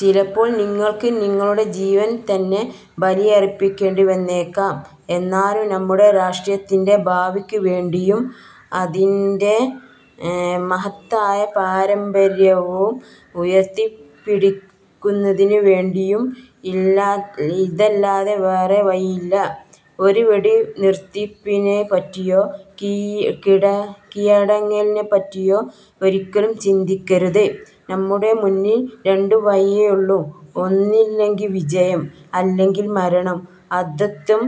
ചിലപ്പോൾ നിങ്ങൾക്ക് നിങ്ങളുടെ ജീവൻ തന്നെ ബലിയർപ്പിക്കേണ്ടിവന്നേക്കാം, എന്നാലും നമ്മുടെ രാഷ്ട്രത്തിന്റെ ഭാവിക്കുവേണ്ടിയും അതിന്റെ മഹത്തായ പാരമ്പര്യവും ഉയർത്തിപ്പിടിക്കുന്നതിനുവേണ്ടിയും ഇതല്ലാതെ വേറേ വഴിയില്ല. ഒരു വെടിനിർത്തലിനെപ്പറ്റിയോ കീഴടങ്ങലിനെപ്പറ്റിയോ ഒരിക്കലും ചിന്തിക്കരുത്. നമ്മുടെ മുന്നിൽ രണ്ടു വഴിയേ ഉള്ളൂ, ഒന്നുകിൽ വിജയം അല്ലെങ്കിൽ മരണം. അത്യന്തം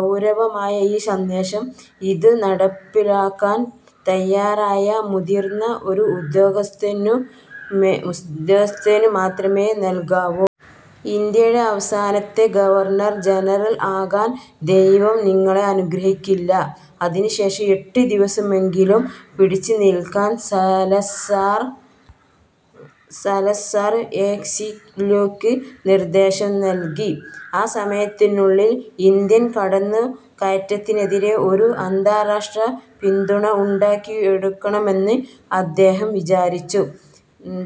ഗൗരവമായ ഈ സന്ദേശം ഇതു നടപ്പാക്കാൻ തയ്യാറായ മുതിർന്ന ഒരു ഉദ്യോഗസ്ഥനു ഉദ്യോഗസ്ഥനുമാത്രമേ നൽകാവൂ. ഇന്ത്യയുടെ അവസാനത്തെ ഗവർണ്ണർ ജനറൽ ആകാൻ ദൈവം നിങ്ങളെ അനുഗ്രഹിക്കില്ല. ഇതിനുശേഷം എട്ടുദിവസമെങ്കിലും പിടിച്ചുനിൽക്കാൻ സലസാർ എസ്സില്വയ്ക്ക് നിർദ്ദേശം നൽകി. ആ സമയത്തിനുള്ളിൽ ഇന്ത്യൻ കടന്നുകയറ്റത്തിനെതിരെ ഒരു അന്താരാഷ്ട്ര പിന്തുണ ഉണ്ടാക്കിയെടുക്കാമെന്ന് അദ്ദേഹം വിചാരിച്ചു.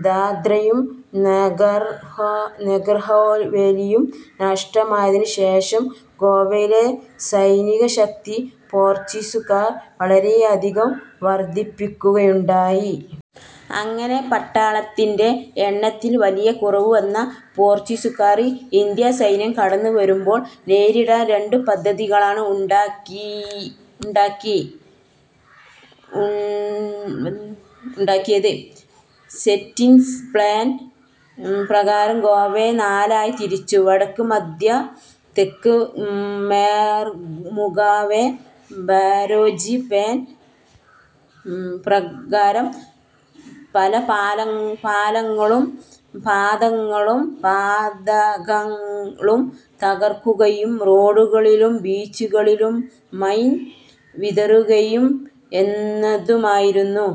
ദാദ്രയും നാഗർഹാവേലിയും നഷ്ടമായതിനുശേഷം ഗോവയിലെ സൈനികശക്തി പോർച്ചുഗീസുകാർ വളരെയധികം വർദ്ധിപ്പിക്കുകയുണ്ടായി. അങ്ങനെ പട്ടാളത്തിന്റെ എണ്ണത്തിൽ വലിയ കുറവുവന്ന പോർച്ചുഗീസുകാർ ഇന്ത്യൻസൈന്യം കടന്നുവരുമ്പോൾ നേരിടാൻ രണ്ടു പദ്ധതികളാണ് ഉണ്ടാക്കി. ഉണ്ടാക്കിയത് സെന്റിനൽ പ്ലാൻ പ്രകാരം ഗോവയെ നാലായി തിരിച്ചു. വടക്ക്, മധ്യം, തെക്ക്, മൊർമുഗാവോ. ബാരേജ് പ്ലാൻ പ്രകാരം എല്ലാ പാലങ്ങളും പാതകളും തകർക്കുകയും റോഡുകളിലും ബീച്ചുകളിലും മൈൻ വിതറുകയും എന്നതുമായിരുന്നു.